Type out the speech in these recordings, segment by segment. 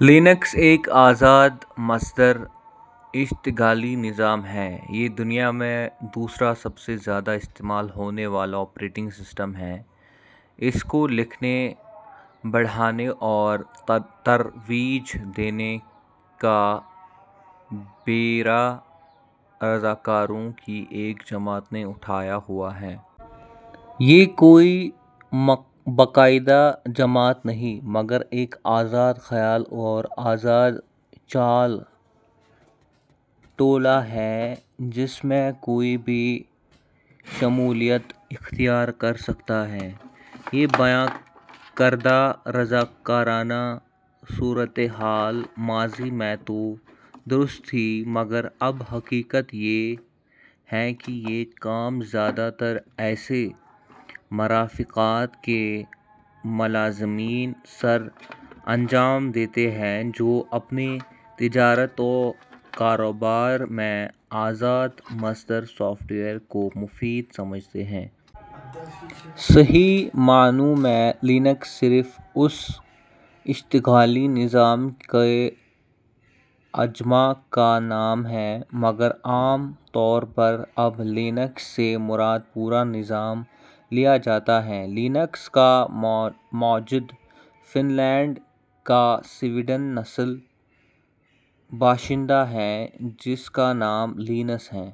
Linux ایک آزاد مصدر اشتغالی نظام ہے۔ یہ دُنیا میں دوسرا سب سے زیادہ استعمال ہونے والا آپریٹنگ سسٹم ہے۔ اس کو لکھنے، بڑھانے اور ترویج دینے کا بیڑا رضاکاروں کی ایک جماعت نے اٹھایا ہوا ہے۔ یہ کوئی باقاعدہ جماعت نہیں مگر ایک آزاد خیال اور آزاد چال ٹولہ ہے جس میں کوئی بھی شمولیت اختیار کر سکتا ہے۔ یہ بیان کردہ رضاکارانہ صورتِ حال ماضی میں تو درست تھی مگر اب حقیقت یہ ہے کہ یہ کام زیادہ تر ایسے مرافقات کے ملازمین سر انجام دیتے ہیں جو اپنے تجارت و کاروبار میں آزاد مصدر سافٹ ویئر کو مفید سمجھتے ہیں۔ صحیح معنوں میں لینکس صرف اُس اشتغالی نظام کے عجمہ کا نام ہے۔ مگر عموماً اب "لینکس" سے مراد پورا نظام لیا جاتا ہے۔ لینکس کا موجد فنلینڈ کا سویڈن نژاد باشندہ ہے، جس کا نام لینس ہے۔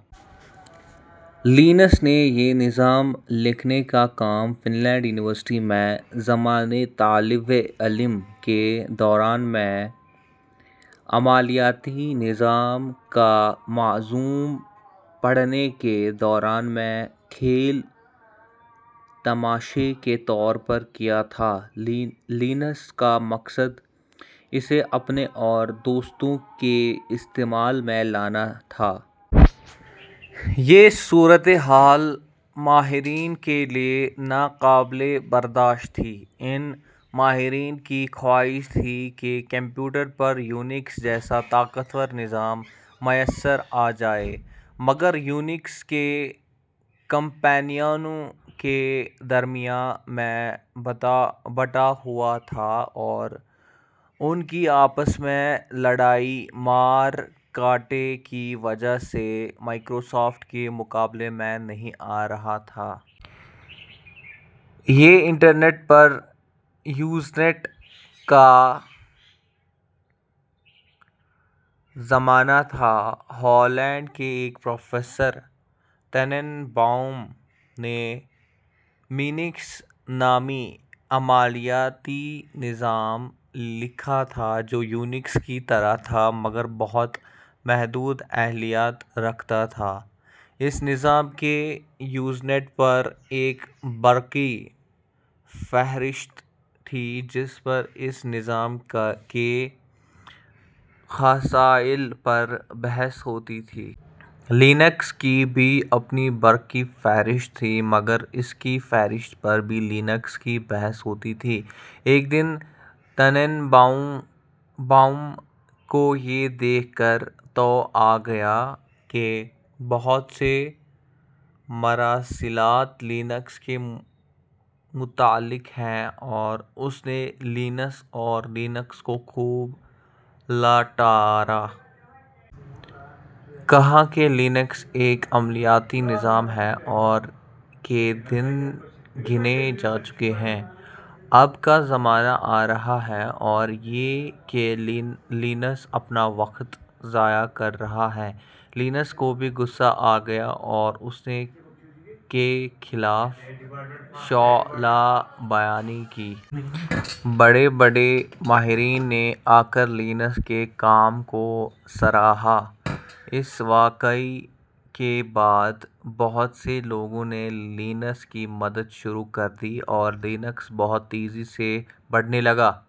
لینس نے یہ نظام لکھنے کا کام فنلینڈ یونیوسٹی میں زمانہ طالب علمی کے دوران میں عملیاتی نظام کا مضمون پڑھنے کے دوران میں کھیل تماشے کے طور پر کیا تھا۔ لینس کا مقصد اسے اپنے اور دوستوں کے استعمال میں لانے کا تھا۔ یہ صورت حال ماہرین کے لیے ناقابل برداشت تھی۔ ان ماہرین کی خواہش تھی کہ کمپوٹر پر یونکس جیسا طاقتور نظام میسر آ جائے۔ مگر یونکس کئی کمپنیوں کے درمیان میں بٹا ہوا تھا اور ان کی آپس میں لڑائی مار کٹائی کی وجہ سے مائکروسافٹ کے مقابلے میں نہیں آ رہا تھا۔ یہ انٹرنیٹ پر یوزنیٹ کا زمانہ تھا۔ ہالینڈ کے ایک پروفیسر ٹیننبام نے نامی عملیاتی نظام لکھا تھا جو یونکس کی طرح تھا مگر بہت محدود اہلیت رکھتا تھا۔ اس نظام کی یوزنیٹ پر ایک برقی فہرست تھی جس پر اس نظام کے خصائل پر بحث ہوتی تھی۔ لینکس کی بھی اپنی برقی فہرست تھی مگر کی فہرست پر بھی لینکس کی بحث ہوتی تھی۔ ایک دن ٹیننبام کو یہ دیکھ کر تاؤ آ گیا کہ بہت سے مراسلات لینکس کے متعلق ہیں اور اس نے لینس اور لینکس کو خوب لتاڑا۔ کہا کہ لینکس ایک عملیاتی نظام ہے اور کے دن گنے جا چکے ہیں۔ اب کا زمانہ آ رہا ہے اور یہ کہ لینس اپنا وقت ضائع کر رہا ہے۔ لینس کو بھی غصہ آ گیا اور اس نے کے خلاف شعلہ بیانی کی۔ بڑے بڑے ماہرین نے آ کر لینس کے کام کو سراہا۔ اس واقعہ کے بعد بہت سے لوگوں نے لینس کی مدد شروع کر دی اور لینکس بہت تیزی سے بڑھنے لگا۔